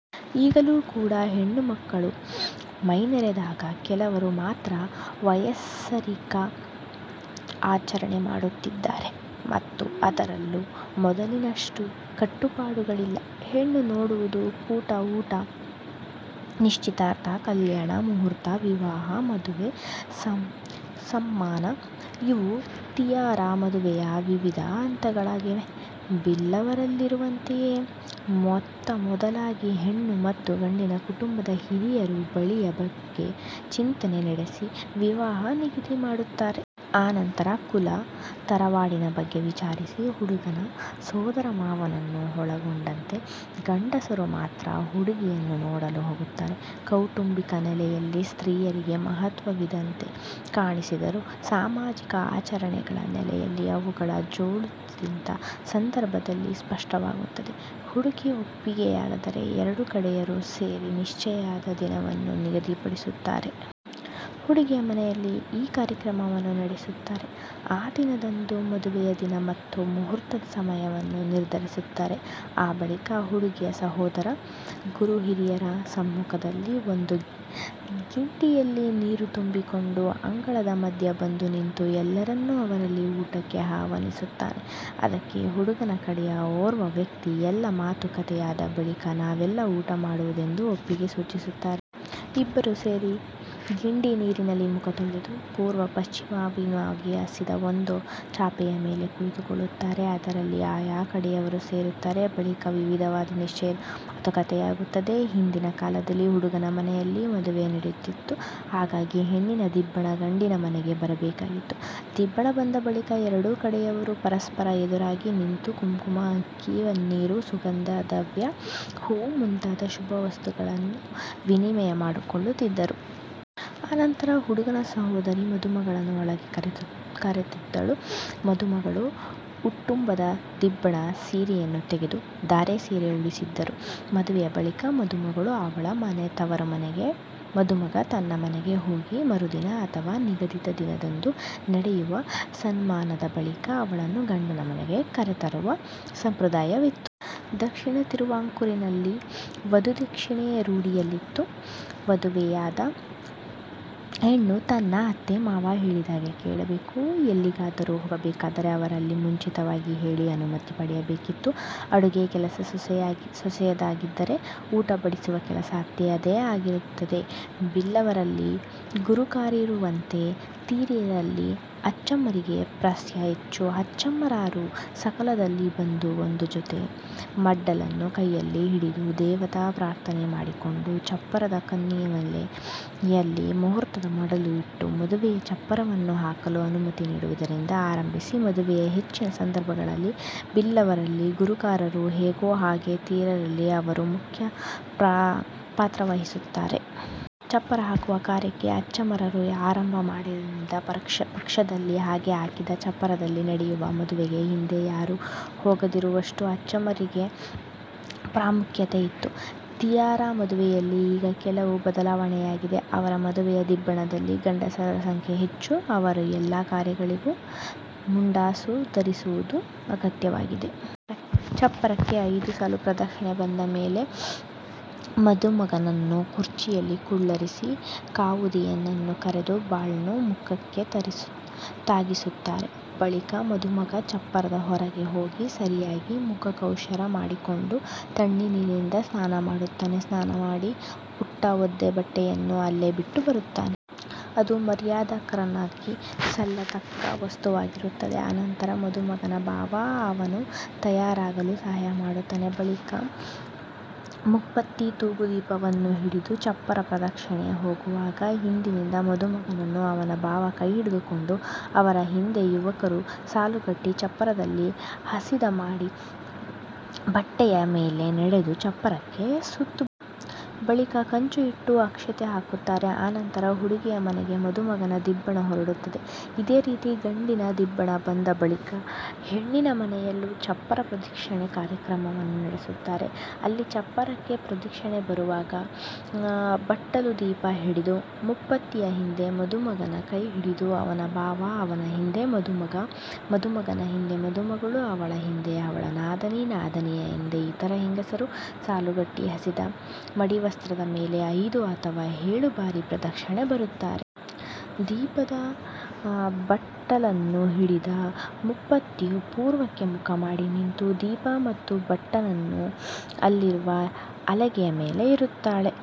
ಈಗಲೂ ಕೂಡ ಹೆಣ್ಣು ಮೈನೆರೆದಾಗ ಕೆಲವರು ಮಾತ್ರ ವಯಸರಿಕ್ಕ ನ್ ಆಚರಣೆ ಮಾಡುತ್ತಿದ್ದಾರೆ ಮತ್ತು ಅದರಲ್ಲೂ ಮೊದಲಿನಷ್ಟು ಕಟ್ಟುಪಾಡುಗಳಿಲ್ಲ. ಹೆಣ್ಣು ನೋಡುವುದು, ಕೂಟ ಊಟ, ನಿಶ್ಚಿತಾರ್ಥ, ಕಲ್ಯಾಣ ಮುಹೂರ್ತ, ವಿವಾಹ, ಮದುವೆ ಸಮ್ಮಾನ ಇವು ತೀಯರ ಮದುವೆಯ ವಿವಿಧ ಹಂತಗಳಾಗಿವೆ. ಬಿಲ್ಲವರಲ್ಲಿರುವಂತೆಯೇ ಮೊತ್ತಮೊದಲಾಗಿ ಹೆಣ್ಣು ಮತ್ತು ಗಂಡಿನ ಕುಟುಂಬದ ಹಿರಿಯರು ಬಳಿಯ ಬಗ್ಗೆ ಚಿಂತನೆ ನಡೆಸಿ, ವಿವಾಹ ನಿಗದಿಮಾಡುತ್ತಾರೆ. ಅನಂತರ ಕುಲ, ತರವಾಡಿನ ಬಗ್ಗೆ ವಿಚಾರಿಸಿ, ಹುಡುಗನ ಸೋದರಮಾವನನ್ನು ಒಳಗೊಂಡಂತೆ ಗಂಡಸರು ಮಾತ್ರ ಹುಡುಗಿಯನ್ನು ನೋಡಲು ಹೋಗುತ್ತಾರೆ. ಕೌಟುಂಬಿಕ ನೆಲೆಯಲ್ಲಿ ಸ್ತ್ರೀಯರಿಗೆ ಮಹತ್ವವಿದ್ದಂತೆ ಕಾಣಿಸಿದರೂ ಸಾಮಾಜಿಕ ಆಚರಣೆಗಳ ನೆಲೆಯಲ್ಲಿ ಅವುಗಳ ಜೊಳ್ಳುತದ್ದೀ ಸಂದರ್ಭದಲ್ಲಿ ಸ್ಪಷ್ಟವಾಗುತ್ತದೆ. ಹುಡುಗಿ ಒಪ್ಪಿಗೆಯಾದಲ್ಲಿ ಎರಡು ಕಡೆಯವರೂ ಸೇರಿ ನಿಶ್ಚಯದ ದಿನವನ್ನು ನಿಗದಿಪಡಿಸುತ್ತಾರೆ. ಹುಡುಗಿಯ ಮನೆಯಲ್ಲಿ ಈ ಕಾರ್ಯಕ್ರಮವನ್ನು ನಡೆಸುತ್ತಾರೆ. ಆ ದಿನದಂದು ಮದುವೆಯ ದಿನ ಮತ್ತು ಮುಹೂರ್ತದ ಸಮಯವನ್ನು ನಿರ್ಧರಿಸುತ್ತಾರೆ. ಆ ಬಳಿಕ ಹುಡುಗಿಯ ಸಹೋದರ ಗುರುಹಿರಿಯರ ಸಮ್ಮುಖದಲ್ಲಿ ಒಂದು ಗಿಂಡಿಯಲ್ಲಿ ನೀರು ತುಂಬಿಕೊಂಡು, ಅಂಗಳದ ಮಧ್ಯೆ ಬಂದು ನಿಂತು ಎಲ್ಲರನ್ನೂ ಅವರಲ್ಲಿ ಊಟಕ್ಕೆ ಆಹ್ವಾನಿಸುತ್ತಾನೆ. ಅದಕ್ಕೆ ಹುಡುಗನ ಕಡೆಯ ಓರ್ವ ವ್ಯಕ್ತಿ ಎಲ್ಲ ಮಾತುಕತೆಯಾದ ಬಳಿಕ ನಾವೆಲ್ಲ ಊಟ ಮಾಡಬಹುದೆಂದು ಒಪ್ಪಿಗೆ ಸೂಚಿಸುತ್ತಾರೆ. ಇಬ್ಬರೂ ಸೇರಿ ಗಿಂಡಿ ನೀರಿನಲ್ಲಿ ಮುಖ ತೊಳೆದು ಪೂರ್ವ-ಪಶ್ಚಿಮಾಭಿಮುಖವಾಗಿ ಹಾಸಿದ ಒಂದು ಚಾಪೆಯ ಮೇಲೆ ಕುಳಿತುಕೊಳ್ಳುತ್ತಾರೆ. ಅದರಲ್ಲಿ ಆಯಾಯ ಕಡೆಯವರು ಸೇರುತ್ತಾರೆ. ಬಳಿಕ ವಿಧಿವತ್ತಾಗಿ ನಿಶ್ಚಯದ ಮಾತುಕತೆಯಾಗುತ್ತದೆ. ಹಿಂದಿನ ಕಾಲದಲ್ಲಿ ಹುಡುಗನ ಮನೆಯಲ್ಲಿ ಮದುವೆ ನಡೆಯುತ್ತಿತ್ತು. ಹಾಗಾಗಿ ಹೆಣ್ಣಿನ ದಿಬ್ಬಣ ಗಂಡಿನ ಮನೆಗೆ ಬರಬೇಕಿತ್ತು. ದಿಬ್ಬಣ ಬಂದ ಬಳಿಕ ಎರಡೂ ಕಡೆಯವರು ಪರಸ್ಪರ ಎದುರಾಗಿ ನಿಂತು ಕುಂಕುಮ, ಅಕ್ಕಿ, ಪನ್ನೀರು, ಸುಗಂಧದ್ರವ್ಯ, ಹೂವು ಮುಂತಾದ ಶುಭವಸ್ತುಗಳನ್ನು ವಿನಿಮಯ ಮಾಡಿಕೊಳ್ಳುತ್ತಿದ್ದರು. ಅನಂತರ ಹುಡುಗನ ಸೋದರಿ ಮದುಮಗಳನ್ನು ಒಳಗೆ ಕರೆತರುತ್ತಿದ್ದಳು. ಮದುಮಗಳು ಉಟ್ಟುಬಂದ ದಿಬ್ಬಣ ಸೀರೆಯನ್ನು ತೆಗೆದು ಧಾರೆ ಸೀರೆ ಉಡಿಸುತ್ತಿದ್ದರು. ಮದುವೆಯ ಬಳಿಕ ಮದುಮಗಳು ಅವಳ ತವರುಮನೆಗೆ ಮದುಮಗ ತನ್ನ ಮನೆಗೆ ಹೋಗಿ ಮರುದಿನ ಅಥವಾ ನಿಗದಿತ ದಿನದಂದು ನಡೆಯುವ ಸಮ್ಮಾನದ ಬಳಿಕ ಅವಳನ್ನು ಗಂಡನ ಮನೆಗೆ ಕರೆತರುವ ಸಂಪ್ರದಾಯವಿತ್ತು. ದಕ್ಷಿಣ ತಿರುವಾಂಕೂರಿನಲ್ಲಿ ವಧುದಕ್ಷಿಣೆ ರೂಢಿಯಲ್ಲಿತ್ತು. ಮದುವೆಯಾದ ಹೆಣ್ಣು ತನ್ನ ಅತ್ತೆ-ಮಾವ ಹೇಳಿದ ಹಾಗೆ ಕೇಳಬೇಕು. ಎಲ್ಲಿಗಾದರೂ ಹೋಗಬೇಕಾದರೆ ಅವರಲ್ಲಿ ಮುಂಚಿತವಾಗಿ ಕೇಳಿ ಅನುಮತಿ ಪಡೆಯಬೇಕಿತ್ತು. ಅಡುಗೆ ಕೆಲಸ ಸೊಸೆಯರಿಗಾದರೆ ಊಟ ಬಡಿಸುವ ಕೆಲಸ ಅತ್ತಯರದೇ ಆಗಿತ್ತು. ಬಿಲ್ಲವರಲ್ಲಿ ಗುರಿಕಾರರಿರುವಂತೆ, ತೀಯರಲ್ಲಿ ಅಚ್ಚಮ್ಮಾರಿಗೆ ಪ್ರಾಸ್ತ್ಯ ಹೆಚ್ಚು. ಅಚ್ಚಮ್ಮಾರರು ಸಕಾಲದಲ್ಲಿ ಬಂದು, ಒಂದು ಜೊತೆ ಮಡಲನ್ನು ಕೈಯಲ್ಲಿ ಹಿಡಿದು ದೇವತಾ ಪ್ರಾರ್ಥನೆ ಮಾಡಿಕೊಂಡು ಚಪ್ಪರದ ಕನ್ನಿಮೂಲೆ ಯಲ್ಲಿ ಮಹೂರ್ತದ ಮಡಲು ಇಟ್ಟು ಮದುವೆಯ ಚಪ್ಪರವನ್ನು ಹಾಕಲು ಅನುಮತಿ ನೀಡುವುದರಿಂದ ಆರಂಭಿಸಿ, ಮದುವೆಯ ಹೆಚ್ಚಿನ ಸಂದರ್ಭಗಳಲ್ಲಿ ಬಿಲ್ಲವರಲ್ಲಿ ಗುರಿಕಾರರು ಹೇಗೋ ಹಾಗೇ ತೀಯರಲ್ಲಿ ಇವರು ಮುಖ್ಯ ಪಾತ್ರವಹಿಸುತ್ತಾರೆ. ಚಪ್ಪರ ಹಾಕುವ ಕಾರ್ಯಕ್ಕೆ ಅಚ್ಚಮ್ಮಾರರು ಆರಂಭ ಮಾಡಿಲ್ಲದಿದ್ದ ಪಕ್ಷದಲ್ಲಿ ಹಾಗೆ ಹಾಕಿದ ಚಪ್ಪರದಲ್ಲಿ ನಡೆಯುವ ಮದುವೆಗೆ ಹಿಂದೆ ಯಾರೂ ಹೋಗದಿರುವಷ್ಟು ಅಚ್ಚಮ್ಮಾರರಿಗೆ ಪ್ರಾಮುಖ್ಯ ಇತ್ತು. ತೀಯರ ಮದುವೆಯಲ್ಲಿ ಈಗ ಕೆಲವು ಬದಲಾವಣೆಗಳಾಗಿದೆ. ಅವರ ಮದುವೆಯ ದಿಬ್ಬಣದಲ್ಲಿ ಗಂಡಸರ ಸಂಖ್ಯೆ ಹೆಚ್ಚು. ಅವರು ಎಲ್ಲ ಕಾರ್ಯಗಳಿಗೂ ಮುಂಡಾಸು ಧರಿಸುವುದು ಅಗತ್ಯವಾಗಿದೆ. ಚಪ್ಪರಕ್ಕೆ ಐದು ಸಲ ಪ್ರದಕ್ಷಿಣೆ ಬಂದ ಮೇಲೆ ಮದುಮಗನನ್ನು ಕುರ್ಚಿಯಲ್ಲಿ ಕುಳ್ಳಿರಿಸಿ ಕಾವುದೀಯನ್ನನ್ನು ಕರೆದು ಬಾಳ್ನ್ನು ಮುಖಕ್ಕೆ ತಾಗಿಸುತ್ತಾರೆ. ಬಳಿಕ ಮದುಮಗ ಚಪ್ಪರದ ಹೊರಗೆ ಹೋಗಿ ಸರಿಯಾಗಿ ಮುಖಕ್ಷೌರ ಮಾಡಿಕೊಂಡು ತಣ್ಣೀರಿನಿಂದ ಸ್ನಾನ ಮಾಡುತ್ತಾನೆ. ಸ್ನಾನ ಮಾಡಿ ಉಟ್ಟ ಒದ್ದೆ ಬಟ್ಟೆಯನ್ನು ಅಲ್ಲೇ ಬಿಟ್ಟು ಬರುತ್ತಾನೆ. ಅದು ಮರ್ಯಾದಕ್ಕಾರನ್ಗೆ ಸಲ್ಲ ತಕ್ಕ ವಸ್ತುವಾಗಿರುತ್ತದೆ. ಅನಂತರ ಮದುಮಗನ ಭಾವ ಅವನು ತಯಾರಾಗಲು ಸಹಾಯ ಮಾಡುತ್ತಾನೆ. ಬಳಿಕ ಮೂಪತ್ತಿ ತೂಗುದೀಪವನ್ನು ಹಿಡಿದು ಚಪ್ಪರ ಪ್ರದಕ್ಷಿಣೆ ಹೋಗುವಾಗ ಹಿಂದಿನಿಂದ ಮದುಮಗನನ್ನು ಅವನ ಭಾವ ಕೈಹಿಡಿದುಕೊಂಡು, ಅವರ ಹಿಂದೆ ಯುವಕರು ಸಾಲುಗಟ್ಟಿ ಚಪ್ಪರದಲ್ಲಿ ಹಾಸಿದ ಮಡಿ ಬಟ್ಟೆಯ ಮೇಲೆ ನಡೆದು ಚಪ್ಪರಕ್ಕೆ ಸುತ್ತು ಬರುತ್ತಾರೆ. ಬಳಿಕ ಕಂಚು ಇಟ್ಟು ಅಕ್ಷತೆ ಹಾಕುತ್ತಾರೆ. ಅನಂತರ ಹುಡುಗಿಯ ಮನೆಗೆ ಮದುಮಗನ ದಿಬ್ಬಣ ಹೊರಡುತ್ತದೆ. ಇದೇ ರೀತಿ ಗಂಡಿನ ದಿಬ್ಬಣ ಬಂದ-ಬಳಿಕ ಹೆಣ್ಣಿನ ಮನೆಯಲ್ಲೂ ಚಪ್ಪರ ಪ್ರದಕ್ಷಿಣೆ ಕಾರ್ಯಕ್ರಮವನ್ನು ನಡೆಸುತ್ತಾರೆ. ಅಲ್ಲಿ ಚಪ್ಪರಕ್ಕೆ ಪ್ರದಕ್ಷಿಣೆ ಬರುವಾಗ ಬಟ್ಟಲು ದೀಪ ಹಿಡಿದ ಮೂಪತ್ತಿಯ ಹಿಂದೆ ಮದುಮಗನ ಕೈ ಹಿಡಿದ ಅವನ ಭಾವ, ಅವನ ಹಿಂದೆ ಮದುಮಗ, ಮದುಮಗನ ಹಿಂದೆ ಮದುಮಗಳು, ಅವಳ ಹಿಂದೆ ಅವಳ ನಾದಿನಿ, ನಾದಿನಿಯ ಹಿಂದೆ ಇತರ ಹೆಂಗಸರು ಸಾಲುಗಟ್ಟಿ ಹಾಸಿದ ಮಡಿವಸ್ತ್ರದ ಮೇಲೆ ಐದು ಅಥವಾ ಏಳು ಬಾರಿ ಪ್ರದಕ್ಷಿಣೆ ಬರುತ್ತಾರೆ. ದೀಪದ ಬಟ್ಟಲನ್ನು ಹಿಡಿದ ಮೂಪತ್ತಿಯು ಪೂರ್ವಕ್ಕೆ ಮುಖ ಮಾಡಿ ನಿಂತು, ದೀಪ ಮತ್ತು ಬಟ್ಟನ್ನು ಅಲ್ಲಿರುವ ಹಲಗೆಯ ಮೇಲೆ ಇರುತ್ತಾಳೆ.